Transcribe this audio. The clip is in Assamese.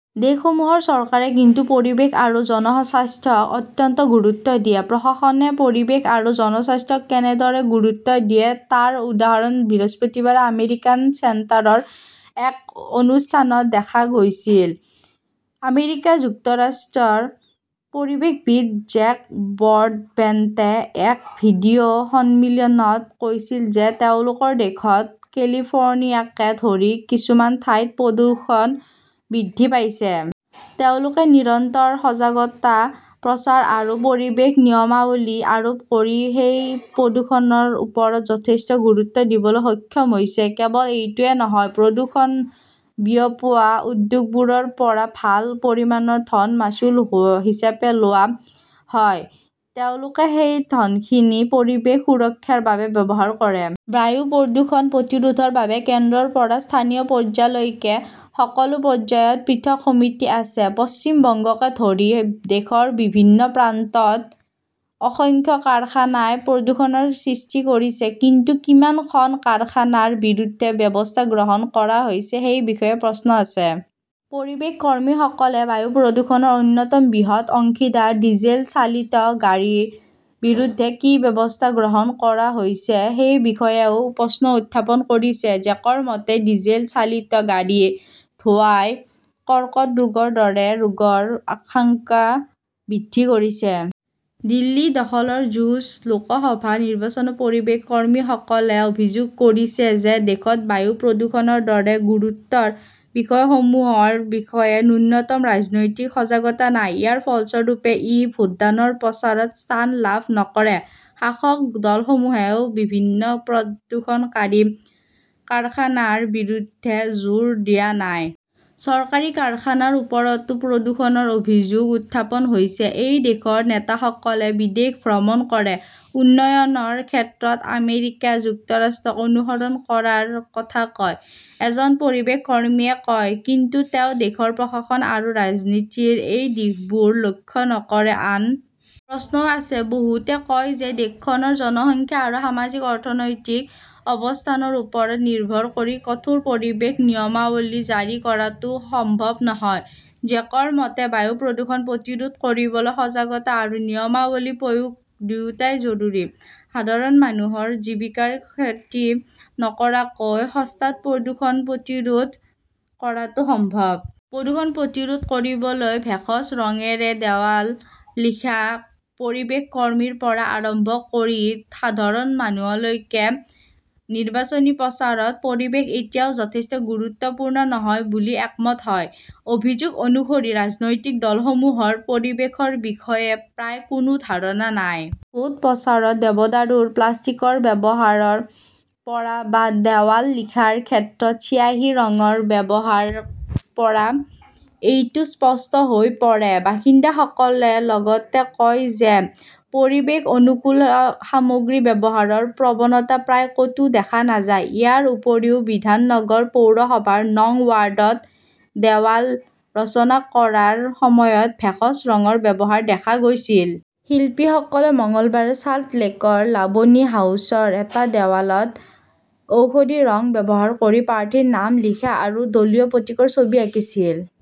দেশসমূহৰ চৰকাৰে কিন্তু পৰিৱেশ আৰু জনস্বাস্থ্যক অত্যন্ত গুৰুত্ব দিয়ে। প্ৰশাসনে পৰিৱেশ আৰু জনস্বাস্থ্যক কেনেদৰে গুৰুত্ব দিয়ে তাৰ উদাহৰণ বৃহস্পতিবাৰে আমেৰিকান চেণ্টাৰৰ এক অনুষ্ঠানত দেখা গৈছিল। আমেৰিকা যুক্তৰাষ্ট্ৰৰ পৰিৱেশবিদ জেক ব্ৰডবেণ্টে এক ভিডিঅ সন্মিলনত কৈছিল যে তেওঁলোকৰ দেশত কেলিফৰ্ণিয়াকে ধৰি কিছুমান ঠাইত প্ৰদূষণ বৃদ্ধি পাইছে। তেওঁলোকে নিৰন্তৰ সজাগতা প্ৰচাৰ আৰু পৰিৱেশ নিয়মাৱলী আৰোপ কৰি সেই প্ৰদূষণৰ ওপৰত যথেষ্ট গুৰুত্ব দিবলৈ সক্ষম হৈছে। কেৱল এইটোৱেই নহয়, প্ৰদূষণ বিয়পোৱা উদ্যোগবোৰৰ পৰা ভাল পৰিমাণৰ ধন মাচুল হিচাপে লোৱা হয়। তেওঁলোকে সেই ধনখিনি পৰিৱেশ সুৰক্ষাৰ বাবে ব্যৱহাৰ কৰে। বায়ু প্ৰদূষণ প্ৰতিৰোধৰ বাবে কেন্দ্ৰৰ পৰা স্থানীয় পৰ্যায়লৈকে সকলো পৰ্যায়ত পৃথক সমিতি আছে। পশ্চিম বংগকে ধৰি দেশৰ বিভিন্ন প্ৰান্তত অসংখ্য কাৰখানাই প্ৰদূষণৰ সৃষ্টি কৰিছে। কিন্তু কিমান খন কাৰখানাৰ বিৰুদ্ধে ব্যৱস্থা গ্ৰহণ কৰা হৈছে সেই বিষয়ে প্ৰশ্ন আছে। পৰিৱেশ কৰ্মীসকলে বায়ু প্ৰদূষণৰ অন্যতম বৃহৎ অংশীদাৰ ডিজেল চালিত গাড়ীৰ বিৰুদ্ধে কি ব্যৱস্থা গ্ৰহণ কৰা হৈছে সেই বিষয়েও প্ৰশ্ন উত্থাপন কৰিছে। জেকৰ মতে, ডিজেল চালিত গাড়ীৰ ধোঁৱাই কৰ্কট ৰোগৰ দৰে ৰোগৰ আশংকা বৃদ্ধি কৰিছে। দিল্লী দখলৰ যুঁজ, লোকসভা নিৰ্বাচন পৰিৱেশ কৰ্মীসকলে অভিযোগ কৰিছে যে দেশত বায়ু প্ৰদূষণৰ দৰে গুৰুতৰ বিষয়সমূহৰ বিষয়ে ন্যূনতম ৰাজনৈতিক সজাগতা নাই। ইয়াৰ ফলস্বৰূপে ই ভোটদানৰ প্ৰচাৰত স্থান লাভ নকৰে। শাসক দলসমূহেও বিভিন্ন প্ৰদূষণকাৰী কাৰখানাৰ বিৰুদ্ধে জোৰ দিয়া নাই। চৰকাৰী কাৰখানাৰ ওপৰতো প্ৰদূষণৰ অভিযোগ উত্থাপন হৈছে। এই দেশৰ নেতাসকলে বিদেশ ভ্ৰমণ কৰে, উন্নয়নৰ ক্ষেত্ৰত আমেৰিকা যুক্তৰাষ্ট্ৰক অনুসৰণ কৰাৰ কথা কয়, এজন পৰিৱেশ কৰ্মীয়ে কয়। কিন্তু তেওঁ দেশৰ প্ৰশাসন আৰু ৰাজনীতিৰ এই দিশবোৰ লক্ষ্য নকৰে। আন প্ৰশ্নও আছে। বহুতে কয় যে দেশখনৰ জনসংখ্যা আৰু সামাজিক-অৰ্থনৈতিক অৱস্থানৰ ওপৰত নিৰ্ভৰ কৰি কঠোৰ পৰিৱেশ নিয়মাৱলী জাৰি কৰাটো সম্ভৱ নহয়। জেকৰ মতে, বায়ু প্ৰদূষণ প্ৰতিৰোধ কৰিবলৈ সজাগতা আৰু নিয়মাৱলী প্ৰয়োগ দুয়োটাই জৰুৰী। সাধাৰণ মানুহৰ জীৱিকাৰ ক্ষতি নকৰাকৈ সস্তাত প্ৰদূষণ প্ৰতিৰোধ কৰাটো সম্ভৱ। প্ৰদূষণ প্ৰতিৰোধ কৰিবলৈ ভেষজ ৰঙেৰে দেৱাল লিখা পৰিৱেশ কৰ্মীৰ পৰা আৰম্ভ কৰি সাধাৰণ মানুহলৈকে নিৰ্বাচনী প্ৰচাৰত পৰিৱেশ এতিয়াও যথেষ্ট গুৰুত্বপূৰ্ণ নহয় বুলি একমত হয়। অভিযোগ অনুসৰি ৰাজনৈতিক দলসমূহৰ পৰিৱেশৰ বিষয়ে প্ৰায় কোনো ধাৰণা নাই। ভোট প্ৰচাৰত দেৱদাৰুৰ প্লাষ্টিকৰ ব্যৱহাৰৰ পৰা বা দেৱাল লিখাৰ ক্ষেত্ৰত চিয়াঁহী ৰঙৰ ব্যৱহাৰৰ পৰা এইটো স্পষ্ট হৈ পৰে। বাসিন্দাসকলে লগতে কয় যে পৰিৱেশ অনুকূল সামগ্ৰী ব্যৱহাৰৰ প্ৰৱণতা প্ৰায় কতো দেখা নাযায়। ইয়াৰ উপৰিও বিধাননগৰ পৌৰসভাৰ নং ৱাৰ্ডত দেৱাল ৰচনা কৰাৰ সময়ত ভেষজ ৰঙৰ ব্যৱহাৰ দেখা গৈছিল। শিল্পীসকলে মঙলবাৰে চাল্টলেকৰ লাবনী হাউচৰ এটা দেৱালত ঔষধি ৰং ব্যৱহাৰ কৰি প্ৰাৰ্থীৰ নাম লিখা আৰু দলীয় প্ৰতীকৰ ছবি আকিছিল।